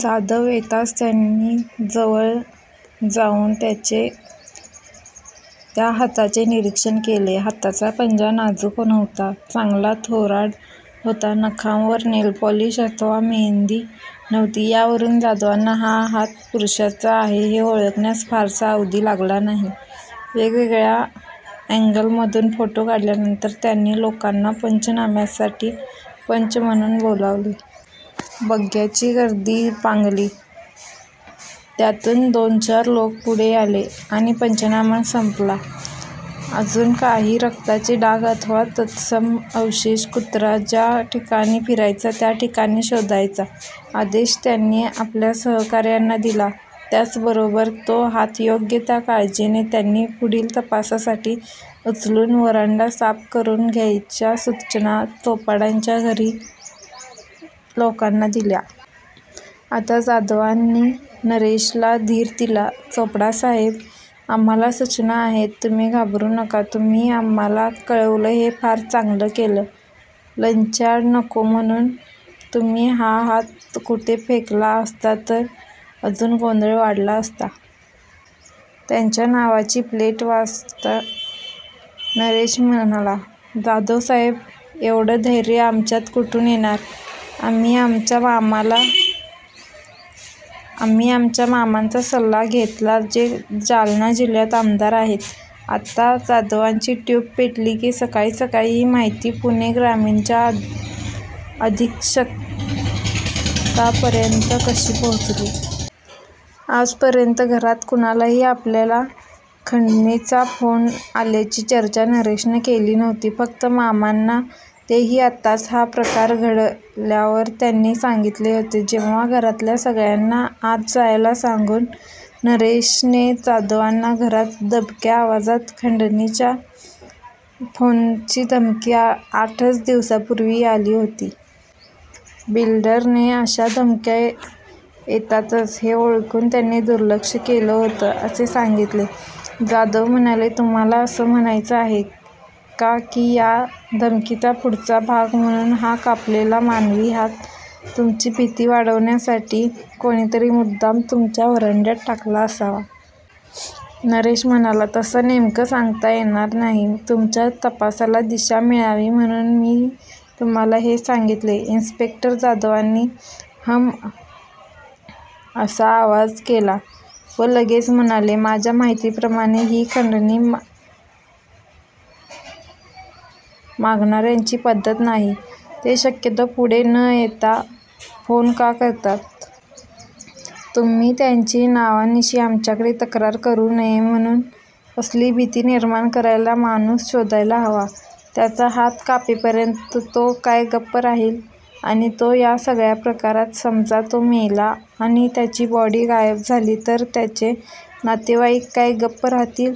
जाधव येताच त्यांनी जवळजाऊन त्या हाताचे निरीक्षण केले. हाताचा पंजा नाजुक नव्हता. चांगला थोराड होता. नखांवर नेलपॉलिश अथवा मेंदी नव्हती यावरुन जाधवांना हा हात पुरुषाचा आहे हे ओळखण्यास फारसा अवधी लागला नाही. वेगवेगळ्या ॲगल मधुन फोटो काढल्यानंतर त्यांनी लोकांना पंचनाम्यासाठी पंच म्हणुन बोलावले. बघ्यांची गर्दी पांगली. त्यातुन दोनचार लोक पुढे आले, आणि पंचनामा संपला. अजुन काही रक्ताचे डाग अथवा तत्सम अवशेष कुत्रा ज्या ठिकाणी फिरायचा त्या ठिकाणी शोधायचा आदेश त्यांनी आपल्या सहकार्यांना दिला. त्याच बरोबर तो हात योग्य त्या काळजीने त्यांनी पुढील तपासासाठी उचलुन व्हरांडा साफ करुन घ्यायच्या सुचना चोपडांच्या घरच्या लोकांना दिल्या. आता जाधवांनी नरेशला धीर दिला. चोपडासाहेब आम्हाला सुचना आहेत. तुम्ही घाबरु नका. तुम्ही आम्हाला कळवल हे फार चांगल केल. लचांड नको म्हणुन तुम्ही हा हात कुठे फेकला असता तर अजुन गोंधळ वाढला असता. त्यांच्या नावाची प्लेट वाचत नरेश म्हणाला जाधवसाहेब येव्हड धैर्य आमच्यात कुठुन येणार? आम्ही आमच्या मामांचा सल्ला घेतला जे जालना जिल्हयात आमदार आहेत. आत्ता जाधवांची ट्युब पेटली की सकाळी सकाळी ही माहिती पुणे ग्रामीणच्या अधिक्षकांपर्यत कशी पोचली? आजपर्यत घरात कुणालाही आपल्याला खंडणीचा फोन आल्याची चर्चा नरेशने केली नव्हती. फक्त मामांना तेही आत्ताच हा प्रकार घडल्यावर त्यांनी सांगीतले होते. जेव्हा घरातल्या सगळ्यांना आत जायला सांगुन नरेशने जाधवांना घरात दबक्या आवाजात खंडणीच्या फोनची धमकी आठच दिवसापुर्वी आली होती. बिल्डरना अश्या धमक्या येतातच हे ओळखुन त्यांनी दुर्लक्ष केल होत असे सांगीतले. जाधव म्हणाले तुम्हाला अस म्हणायच आहे का की या धमकीचा पुढचा भाग म्हणुन हा कापलेला मानवी हात तुमची भिती वाढवण्यासाठी कोणीतरी मुद्दाम तुमच्या व्हरांड्यात टाकला असावा? नरेश म्हणाला तस नेमक सांगता येणार नाही. तुमच्या तपासाला दिशा मिळावी म्हणुन मी तुम्हाला हे सांगीतले. इन्सपेक्टर जाधवांनी हम असा आवाज केला व लगेच म्हणाले माझ्या माहितीप्रमाणे ही खंडणी मागणार्यांची पध्दत नाही. ते शक्यतो पुढे न येता फोन का करतात? तुम्ही त्यांची नावानिशी आमच्याकडे तक्रार करु नये म्हणुन. असली भिती निर्माण करायला माणुस शोधायला हवा, त्याचा हात कापेपर्यत तो काय गप्प राहील? आणि तो या सगळ्याप्रकारात समजा तो मेला आणि त्याची बॉडी गायब झाली तर त्याचे नातेवाईक काय गप्प राहतील?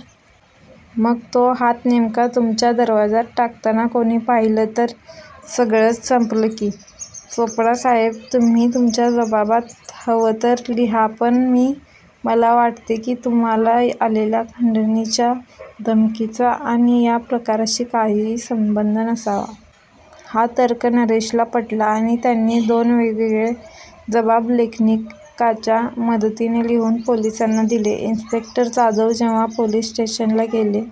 मग तो हात नेमका तुमच्या दरवाज्यात टाकताना कोणी पाहिल तर सगळच संपल की. चोपडा साहेब तुम्ही तुमच्या जबाबात हव तर लिहा पण मी मला वाटते की तुम्हाला आलेल्या खंडणीच्या धमकीचा आणी या प्रकाराशी काहिही संबंध नसावा. हा तर्क नरेशला पटला आणि त्यांनी दोन वेगवेगळे जबाब लेखनिकाच्या मदतीने लिहुन पोलिसांना दिले. इन्सपेक्टर जाधव जेव्हा पोलीस स्टेशनला गेले.